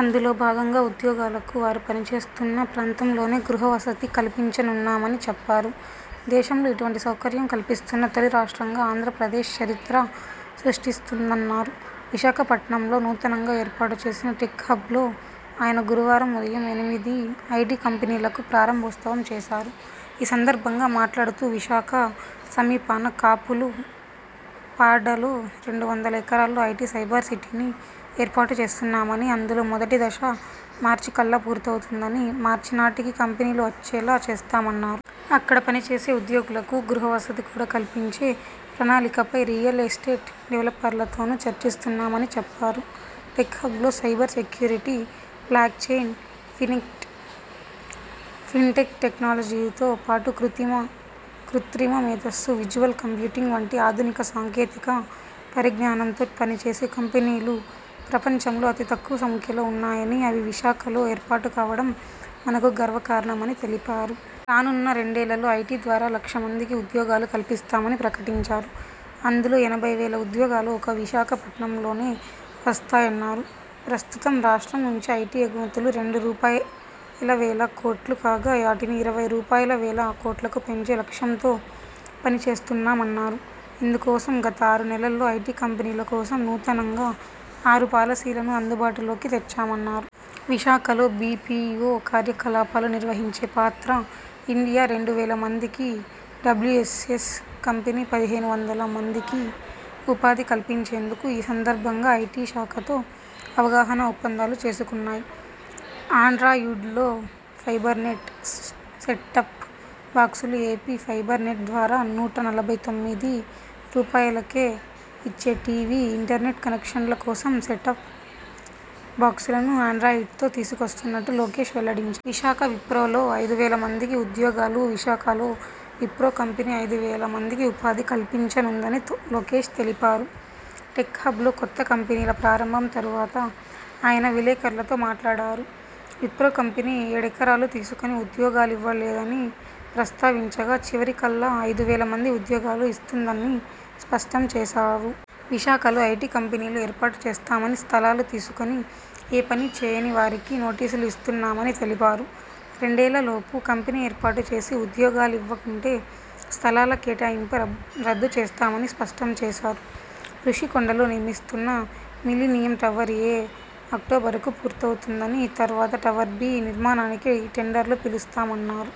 అందులో భాగంగా ఉద్యోగులకు వారు పనిచేస్తున్న ప్రాంతంలోనే గృహ వసతి కల్పించనున్నామని చెప్పారు. దేశంలో ఇటువంటి సౌకర్యం కల్పిస్తున్న తొలి రాష్ట్రంగా ఆంధ్రప్రదేశ్ చరిత్ర సృష్టిస్తుందన్నారు. విశాఖపట్నంలో నూతనంగా ఏర్పాటుచేసిన టెక్ హబ్లో ఆయన గురువారం ఉదయం ఎనిమిది ఐటీ కంపెనీలకు ప్రారంభోత్సవం చేశారు. ఈ సందర్భంగా మాట్లాడుతూ విశాఖ సమీపాన కాపులుపాడలు రెండు వందల ఎకరాల్లో ఐటీ సైబర్ సిటీని ఏర్పాటుచేస్తున్నామని, అందులో మొదటి దశ మార్చికల్లా పూర్తవుతుందని, మార్చినాటికి కంపెనీలు వచ్చేలా చేస్తామన్నారు. అక్కడ పనిచేసే ఉద్యోగులకు గృహ వసతి కూడా కల్పించే ప్రణాళికపై రియల్ ఎస్టేట్ డెవలపర్లతోనూ చర్చిస్తున్నామని చెప్పారు. టెక్ హబ్లో సైబర్ సెక్యూరిటీ, బ్లాక్ చెయిన్, ఫిజిక్ ఫిన్టెక్ టెక్నాలజీతో పాటు కృత్రిమ మేధస్సు, విజువల్ కంప్యూటింగ్ వంటి ఆధునిక సాంకేతిక పరిజ్ఞానంతో పనిచేసే కంపెనీలు ప్రపంచంలో అతి తక్కువ సంఖ్యలో ఉన్నాయని, అవి విశాఖలో ఏర్పాటుకావడం మనకు గర్వకారణమని తెలిపారు. రానున్న రెండేళ్లలో ఐటీ ద్వారా లక్ష మందికి ఉద్యోగాలు కల్పిస్తామని ప్రకటించారు. అందులో ఎనభై వేల ఉద్యోగాలు ఒక్క విశాఖపట్నంలోనే వస్తాయన్నారు. ప్రస్తుతం రాష్ట్రం నుంచి ఐటీ ఎగుమతులు రెండు రూపాయలువేల కోట్లు కాగా వాటిని ఇరవై రూపాయలువేల కోట్లకు పెంచే లక్ష్యంతో పనిచేస్తున్నామన్నారు. ఇందుకోసం గత ఆరు నెలల్లో ఐటీ కంపెనీల కోసం నూతనంగా ఆరు పాలసీలను అందుబాటులోకి తెచ్చామన్నారు. విశాఖలో బీపీవో కార్యకలాపాలు నిర్వహించే పాత్ర 'ఇండియా' రెండు వేల మందికి, డబ్ల్యు ఎస్ ఎస్ కంపెనీ పదిహేను వందల మందికి ఉపాధి కల్పించేందుకు ఈ సందర్భంగా ఐటీ శాఖతో అవగాహన ఒప్పందాలు చేసుకున్నాయి. ఆండ్రాయిడ్లో ఫైబర్నెట్ సెట్టాప్ బాక్సులుఏపీ ఫైబర్ నెట్ ద్వారా నూట నలభై తొమ్మిది రూపాయలుకే ఇచ్చే టీవీ, ఇంటర్నెట్ కనెక్షన్ల కోసం సెట్ టాప్ బాక్సులను ఆండ్రాయిడ్తో తీసుకొస్తున్నట్లు లోకేశ్ వెల్లడిం. విశాఖ విప్రోలో ఐదు వేల మందికి ఉద్యోగాలువిశాఖలో విప్రో కంపెనీ ఐదు వేల మందికి ఉపాధి కల్పించనుందని లోకేశ్ తెలిపారు. టెక్ హబ్లో కొత్త కంపెనీల ప్రారంభం తరువాత ఆయన విలేకరులతో మాట్లాడారు. విప్రో కంపెనీ ఏడెకరాలు తీసుకుని ఉద్యోగాలివ్వలేదని ప్రస్తావించగా.. చివరికల్లా ఐదు వేల మందికి ఉద్యోగాలు ఇస్తుందని స్పష్టంచేశారు. విశాఖలో ఐటీ కంపెనీలు ఏర్పాటు చేస్తామని స్థలాలు తీసుకుని.. ఏ పనీ చేయనివారికి నోటీసులు ఇస్తున్నామని తెలిపారు. రెండేళ్ల లోపు కంపెనీ ఏర్పాటు చేసి, ఉద్యోగాలివ్వకుంటే స్థలాల కేటాయింపు రద్దు చేస్తామని స్పష్టంచేశారు. రుషికొండలో నిర్మిస్తున్న మిలీనియం టవర్-ఏ అక్టోబరుకు పూర్తవుతుందని, తర్వాత టవర్-బీ నిర్మాణానికి టెండర్లు పిలుస్తామన్నారు.